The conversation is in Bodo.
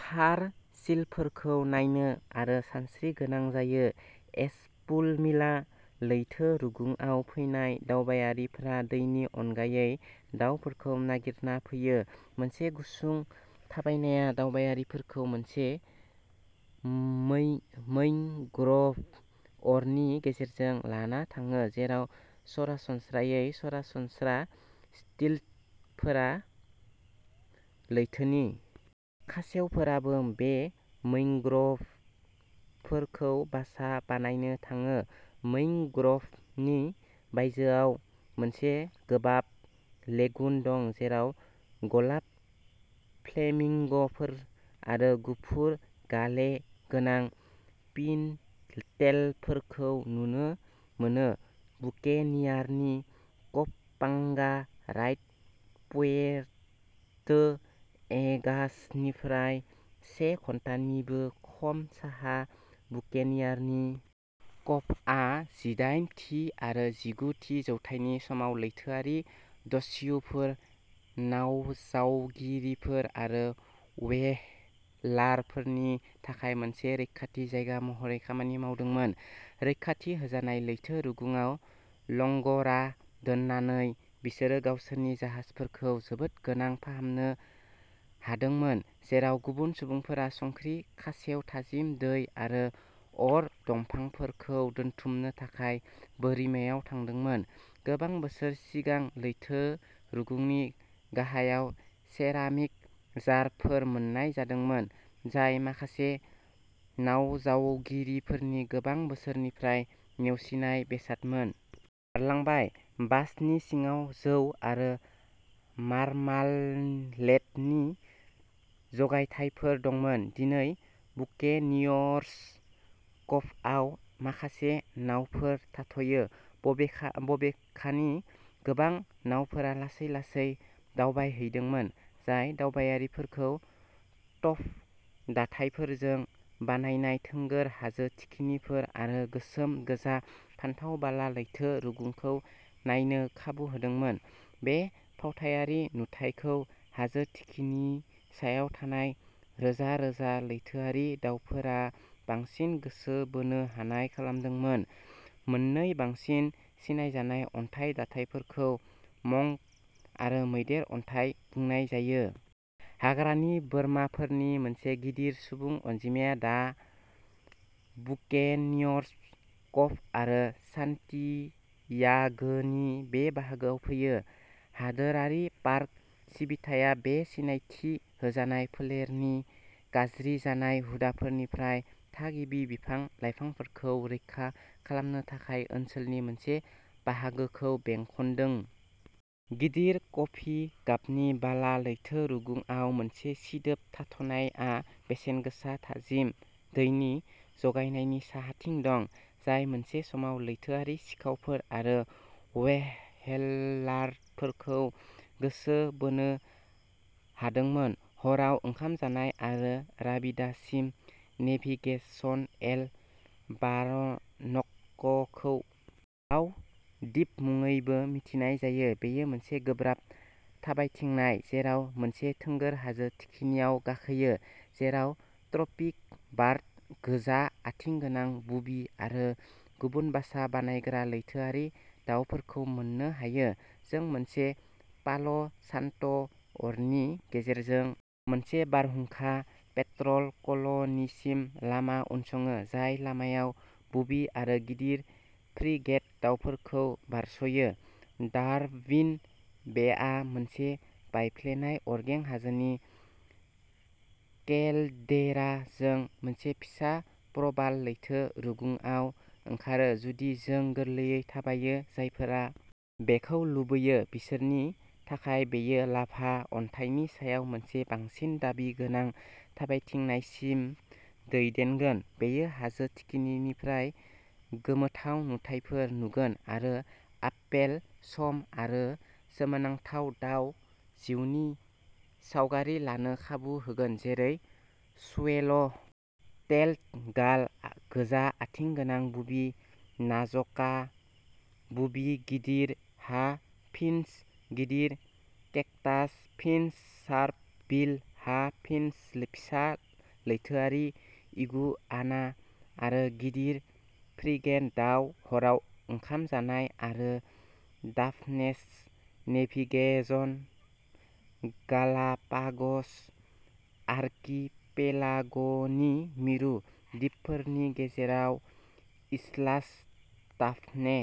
फार सिलफोरखौ नायनो आरो सानस्रिनो गोनां जायो एस्पुमिला लैथो रुगुंआव फैनाय दावबायारिफ्रा दैनि अनगायै दाउफोरखौ नागिरना फैयो मोनसे गुसुं थाबायनाया दावबायारिफोरखौ मोनसे मै मैंग्र'भ अरननि गेजेरजों लाना थाङो जेराव सरासनस्रायै सरासनस्रा स्टिल्टफोरा लैथोनि खासेवफोराबो बे मैंग्र'भफोरखौ बासा बानायनो थाङो मैंग्र'भनि बायजोआव मोनसे गोबाब लेगुन दं जेराव गलाब फ्लेमिंग'फोर आरो गुफुर गाले गोनां पिनटेलफोरखौ नुनो मोनो बुकेनियारनि कभ पांगा राइड प्वेर्टो एगासनिफ्राय से घन्टानिबो खम साहा बुकेनियारनि कभआ जिदाइन थि आरो जिगु थि जौथाइनि समाव लैथोआरि दस्युफोर नावजावगिरिफोर आरो व्हेलारफोरनि थाखाय मोनसे रैखाथि जायगा महरै खामानि मावदोंमोन रैखाथि होजानाय लैथो रुगुंआव लंग'रा दोननानै बिसोरो गावसोरनि जाहाजफोरखौ जोबोद गोनां फाहामनो हादोंमोन जेराव गुबुन सुबुंफोरा संख्रि खासेव थाजिम दै आरो अर दंफांफोरखौ दोनथुमनो थाखाय बोरिमायाव थांदोंमोन गोबां बोसोर सिगां लैथो रुगुंनि गाहायाव सेरामिक जारफोर मोन्नाय जादोंमोन जाय माखासे नावजावगिरिफोरनि गोबां बोसोरनिफ्रायनो नेवसिनाय बेसादमोन। बारलांबाय। बासननि सिङाव जौ आरो मार्मालेडनि जगायथायफोर दंमोन। दिनै बुकेनियर्स कभआव माखासे नावफोर थाथ'यो बबेखा बबेखानि गोबां नावफोरा लासै-लासै दावबायहैदोंमोन जाय दावबायारिफोरखौ टफ दाथायफोरजों बानायनाय थोंगोर हाजो थिखिनिफोर आरो गोसोम गोजा फान्थाव बाला लैथो रुगुंखौ नायनो खाबु होदोंमोन बे फावथायारि नुथायखौ हाजो थिखिनि सायाव थानाय रोजा रोजा लैथोआरि दावफोरा बांसिन गोसो बोनो हानाय खालामदोंमोन मोननै बांसिन सिनायजानाय अन्थाइ दाथायफोरखौ मंक आरो मैदेर अन्थाइ बुंनाय जायो। हाग्रानि बोरमाफोरनि मोनसे गिदिर सुबुं अनजिमाया दा बुकेनियर्स कभ आरो सान्टियागोनि बे बाहागोआव फैयो। हादोरारि पार्क सिबिथाया बे सिनायथि होजानाय फोलेरनि गाज्रि जानाय हुदाफोरनिफ्राय थागिबि बिफां लाइफांफोरखौ रैखा खालामनो थाखाय ओनसोलनि मोनसे बाहागोखौ बेंखनदों। गिदिर कफि गाबनि बाला लैथो रुगुंआव मोनसे सिदोब थाथ'नायआ बेसेनगोसा थाजिम दैनि जगायनायनि साहाथिं दं जाय मोनसे समाव लैथोआरि सिखावफोर आरो व्हेलारफोरखौ गोसो बोनो हादोंमोन हराव ओंखाम जानाय आरो राबिदासिम नेभिगेसन एल बारानक'खौ दाउ दिप मुङैबो मिथिनाय जायो बेयो मोनसे गोब्राब थाबायथिंनाय जेराव मोनसे थोंगोर हाजो थिखिनियाव गाखोयो जेराव ट्रपिकबार्ड गोजा आथिं गोनां बुबि आरो गुबुन बासा बानायग्रा लैथोआरि दावफोरखौ मोननो हायो जों मोनसे पाल'सान्ट'अरननि गेजेरजों मोनसे बारहुंखा पेट्रेल कल'निसिम लामा उनसङो जाय लामायाव बुबि आरो गिदिर फ्रिगेट दावफोरखौ बारस'यो डारविन बेआ मोनसे बायफ्लेनाय अरगें हाजोनि केल्डेरा जों मोनसे फिसा प्रबाल लैथो रुगुंआव ओंखारो जुदि जों गोरलैयै थाबायो जायफोरा बेखौ लुबैयो बिसोरनि थाखाय बेयो लाभा अन्थाइनि सायाव मोनसे बांसिन दाबि गोनां थाबायथिंनायसिम दैदेनगोन बेयो हाजो थिखिनिनिफ्राय गोमोथाव नुथायफोर नुगोन आरो आपेल सम आरो सोमोनांथाव दाव जिउनि सावगारि लानो खाबु होगोन जेरै स्वेल' टेल्ड गाल गोजा आथिं गोनां बुबि नाजका बुबि गिदिर हा फिन्च गिदिर केक्टास फिन्च शार्प बिल हा फिन्च फिसा लैथोआरि इगुआना आरो गिदिर फ्रिगेट दाउ हराव ओंखाम जानाय आरो डाफनेसिम नेभिगेसन गालापाग'स आर्किपेलाग'नि मिरु दिपफोरनि गेजेराव इस्लास डाफने